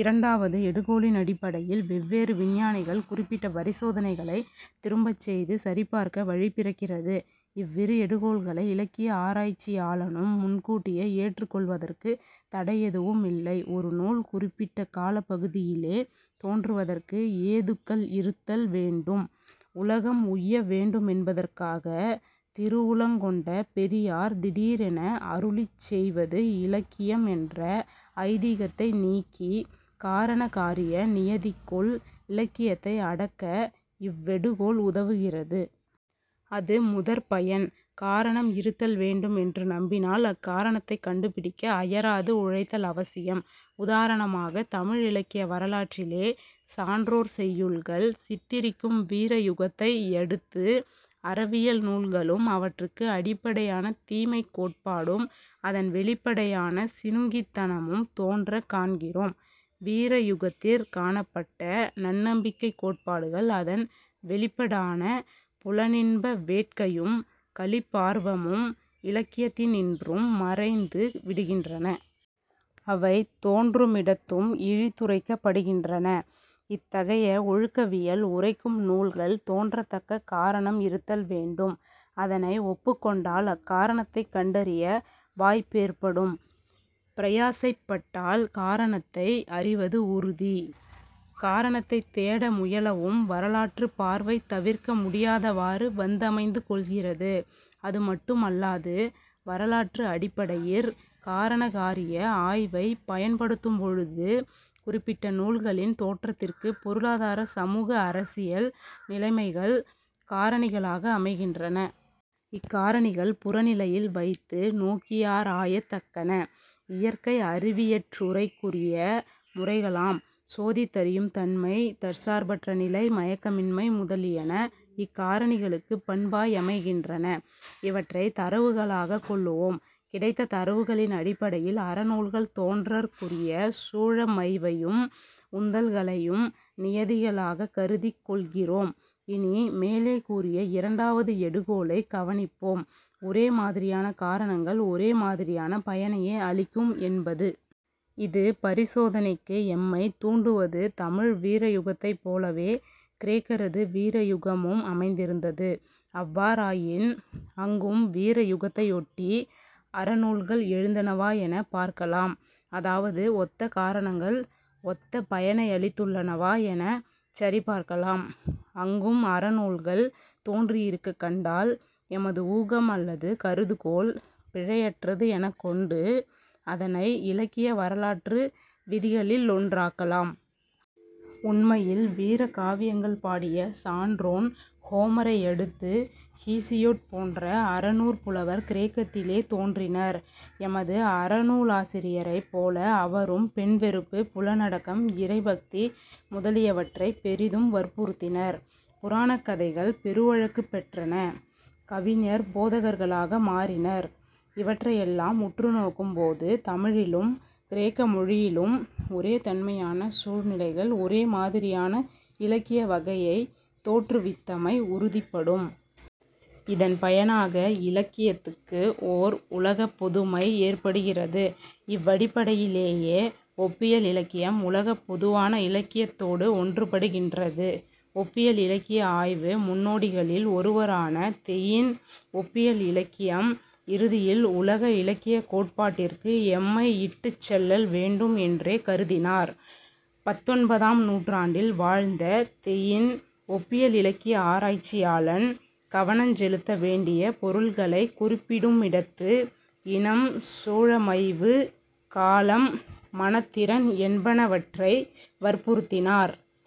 இரண்டாவது எடுகோளினடிப்படையில் வெவ்வேறு விஞ்ஞானிகள் குறிப்பிட்ட பரிசோதனைகளைத் திரும்பச்செய்து சரிபார்க்க வழி பிறக்கிறது. இவ்விரு எடுகோள்களை இலக்கிய ஆராய்ச்சியாளனும் முன்கூட்டியே ஏற்றுக் கொள்வதற்கு தடையெதுவுமில்லை. ஒரு நூல் குறிப்பிட்ட காலப்பகுதியிலே தோன்றுவதற்கு ஏதுக்கள் இருத்தல் வேண்டும். உலகம் உய்ய வேண்டுமென்பதற்காகத் திருவுளங் கொண்ட பெரியார் திடீரென அருளிச் செய்வது இலக்கியம் என்ற ஐதீகத்தை நீக்கி, காரண காரிய நியதிக்குள் இலக்கியத்தை அடக்க இவ்வெடுகோள் உதவுகிறது. அது முதற் பயன். காரணம் இருத்தல் வேண்டும் என்று நம்பினால் அக்காரணத்தைக் கண்டுபிடிக்க அயராது உழைத்தலவசியம். உதாரணமாகத் தமிழ் இலக்கிய வரலாற்றிலே சான்றோர் செய்யுள்கள் சித்திரிக்கும் வீரயுகத்தை யடுத்து, அறவியல் நூல்களும் அவற்றுக்கு அடிப்படையான தீமைக் கோட்பாடும் அதன் வௌிப்படையான சிணுங்கித்தனமும் தோன்றக் காண்கிறோம். வீரயுகத்திற் காணப்பட்ட நன்னம்பிக்கைக் கோட்பாடுகள் அதன் வௌிப்படான புலனின்ப வேட்கையும் களிப்பார்வமும் இலக்கியத்தினின்றும் மறைந்து விடுகின்றன. அவை தோன்றுமிடத்தும் இழித்துரைக்கப்படுகின்றன. இத்தகைய ஒழுக்கவியல் உரைக்கும் நூல்கள் தோன்றத்தக்க காரணம் இருத்தல் வேண்டும். அதனை ஒப்புக் கொண்டால் அக்காரணத்தைக் கண்டறிய வாய்ப்பேற்படும். பிரயாசைப் பட்டால் காரணத்தை அறிவது உறுதி. காரணத்தைத் தேட முயலவும் வரலாற்றுப் பார்வை தவிர்க்க முடியாதவாறு வந்தமைந்து கொள்கிறது. அது மட்டுமல்லாது வரலாற்று அடிப்படையிற் காரணகாரிய ஆய்வைப் பயன் படுத்தும்பொழுது குறிப்பிட்ட நூல்களின் தோற்றத்திற்குப் பொருளாதார சமூக அரசியல் நிலைமைகள் காரணிகளாக அமைகின்றன. இக் காரணிகள் புறநிலையில் வைத்து நோக்கியாராயத்தக்கன. இயற்கை அறிவியற்றுறைக்குரிய முறைகளாம் 'சோதித்தறியும் தன்மை,' 'தற்சார்பற்ற நிலை,' 'மயக்கமின்மை' முதலியன இக்காரணிகளுக்குப் பண்பாயமைகின்றன. இவற்றைத் தரவுகளாகக் கொள்ளுவோம். கிடைத்த தரவுகளின் அடிப்படையில் அற நூல்கள் தோன்றற்குரிய சூழமைவையும் உந்தல்களையும் நியதிகளாகக் கருதிக் கொள்கிறோம். இனி, மேலே கூறிய இரண்டாவது எடுகோளைக் கவனிப்போம்: ஒரே மாதிரியான காரணங்கள் ஒரே மாதிரியான பயனையே அளிக்கும் என்பது. இது பரிசோதனைக்கு எம்மைத் தூண்டுவது தமிழ் வீரயுகத்தைப் போலவே கிரேக்கரது வீரயுகமும் அமைந்திருந்தது. அவ்வாறாயின் அங்கும் வீரயுகத்தையொட்டி அறநூல்கள் எழுந்தனவா எனப் பார்க்கலாம். அதாவது ஒத்த காரணங்கள் ஒத்த பயனையளித்துள்ளனவா எனச் சரிபார்க்கலாம். அங்கும் அறநூல்கள் தோன்றியிருக்கக் கண்டால் எமது ஊகம் அல்லது கருதுகோள் பிழையற்றது எனக் கொண்டு அதனை இலக்கிய வரலாற்று விதிகளிலொன்றாக்கலாம். உண்மையில் வீரகாவியங்கள் பாடிய சான்றோன் ஹோமரை யடுத்து ஹீசியொட் போன்ற அறநூற்புலவர் கிரேக்கத்திலே தோன்றினர். எமது அறநூலாசிரியரைப் போல அவரும் பெண் வெறுப்பு, புலனடக்கம், இறை பக்தி முதலியவற்றைப் பெரிதும் வற்புறுத்தினர்; புராணக் கதைகள் பெருவழக்குப் பெற்றன. கவிஞர் போதகர்களாக மாறினர். இவற்றையெல்லாம் உற்று நோக்கும் போது தமிழிலும் கிரேக்கமொழியிலும் ஒரே தன்மையான சூழ்நிலைகள் ஒரே மாதிரியான இலக்கிய வகையைத் தோற்றுவித்தமை உறுதிப்படும். இதன் பயனாக இலக்கியத்துக்கு ஓர் உலகப் பொதுமை ஏற்படுகிறது. இவ்வடிப்படையிலேயே ஒப்பியல் இலக்கியம் உலகப் பொதுவான இலக்கியத்தோடு ஒன்றுபடுகின்றது. ஒப்பியல் இலக்கிய ஆய்வு முன்னோடிகளில் ஒருவரான தெயின், ஒப்பியல் இலக்கியம் இறுதியில் உலக இலக்கியக் கோட்பாட்டிற்கு எம்மை இட்டுச் செல்லல் வேண்டும் என்றே கருதினார். பத்தொன்பதாம் நூற்றாண்டில் வாழ்ந்த தெயின், ஒப்பியல் இலக்கிய ஆராய்ச்சியாளன் கவனஞ் செலுத்த வேண்டிய பொருள்களைக் குறிப்பிடுமிடத்து, இனம், சூழமைவு, காலம், மனத்திறன் என்பனவற்றை வற்புறுத்தினார்.